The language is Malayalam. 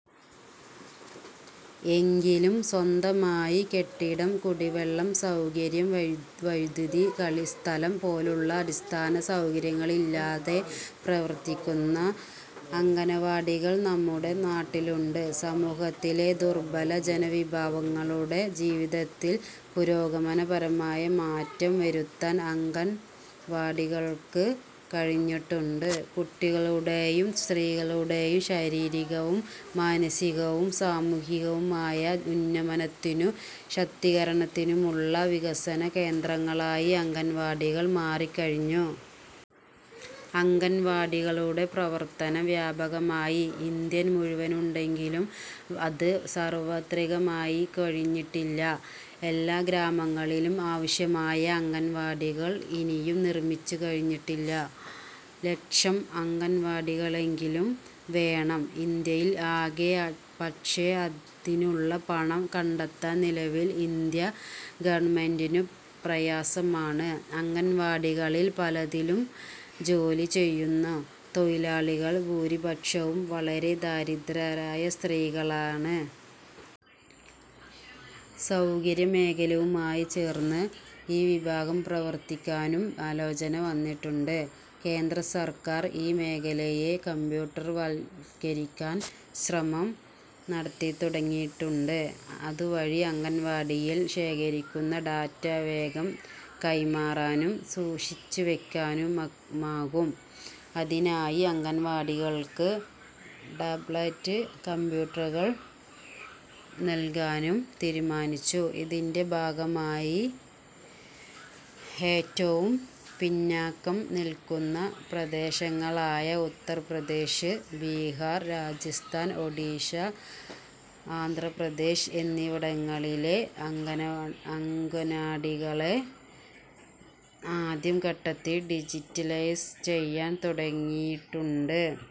എങ്കിലും സ്വന്തമായി കെട്ടിടം, കുടിവെള്ള സൗകര്യം, വൈദ്യുതി, കളിസ്ഥലം പോലുള്ള അടിസ്ഥാന സൗകര്യങ്ങളില്ലാതെ പ്രവർത്തിക്കുന്ന അംഗനവാടികൾ നമ്മുടെ നാട്ടിലുണ്ട്. സമൂഹത്തിലെ ദുർബല ജനവിഭാഗങ്ങളുടെ ജീവിതത്തിൽ പുരോഗമനപരമായ മാറ്റം വരുത്താൻ അംഗൻവാടികൾക്ക് കഴിഞ്ഞിട്ടുണ്ട്. കുട്ടികളുടെയും സ്ത്രീകളുടെയും ശാരീരികവും മാനസികവും സാമൂഹികവുമായ ഉന്നമനത്തിനും ശാക്തീകരണത്തിനുമുള്ള വികസന കേന്ദ്രങ്ങളായി അംഗൻവാടികൾ മാറിക്കഴിഞ്ഞു. അംഗൻവാടികളുടെ പ്രവർത്തനം വ്യാപകമായി ഇന്ത്യ മുഴുവനുണ്ടെങ്കിലും അത് സർവത്രികമായിക്കഴിഞ്ഞിട്ടില്ല. എല്ലാ ഗ്രാമങ്ങളിലും ആവശ്യമായ അംഗൻവാടികൾ ഇനിയും നിർമ്മിച്ചുകഴിഞ്ഞിട്ടില്ല. ലക്ഷം അംഗൻവാടികളെങ്കിലും വേണം ഇന്ത്യയിൽ ആകെ. പക്ഷെ അതിനുള്ള പണം കണ്ടെത്താൻ നിലവിൽ ഇന്ത്യ ഗവണ്മെന്റിനു പ്രയാസമാണ്. അംഗൻവാടികളിൽ പലതിലും ജോലി ചെയ്യുന്ന തൊഴിലാളികളിൽ ഭൂരിപക്ഷവും വളരെ ദരിദ്രരായ സ്ത്രീകളാണ്. സൗകര്യമേഖലയുമായിച്ചേർന്ന് ഈ വിഭാഗം പ്രവർത്തിക്കാനും ആലോചന വന്നിട്ടുണ്ട്. കേന്ദ്രസർക്കാർ ഈ മേഖലയെ കമ്പ്യൂട്ടർവത്കരിക്കാൻ ശ്രമം നടത്തിത്തുടങ്ങിയിട്ടുണ്ട്. അതുവഴി അംഗൻവാടിയിൽ ശേഖരിക്കുന്ന ഡാറ്റ വേഗം കൈമാറാനും സൂക്ഷിച്ചുവയ്ക്കാനുമാകും. അതിനായി അംഗൻവാടികൾക്ക് ടാബ്ലറ്റ് കമ്പ്യൂട്ടറുകൾ നൽകാനും തീരുമാനിച്ചു. ഇതിന്റെ ഭാഗമായി ഏറ്റവും പിന്നാക്കം നിൽക്കുന്ന പ്രദേശങ്ങളായ ഉത്തർ പ്രദേശ്, ബിഹാർ, രാജസ്ഥാൻ, ഓഡിഷ, ആന്ധ്രാ പ്രദേശ് എന്നിവിടങ്ങളിലെ അംഗന അംഗന്വാടികളെ ആദ്യ ഘട്ടത്തിൽ ഡിജിറ്റലൈസ് ചെയ്യാൻ തുടങ്ങിയിട്ടുണ്ട്.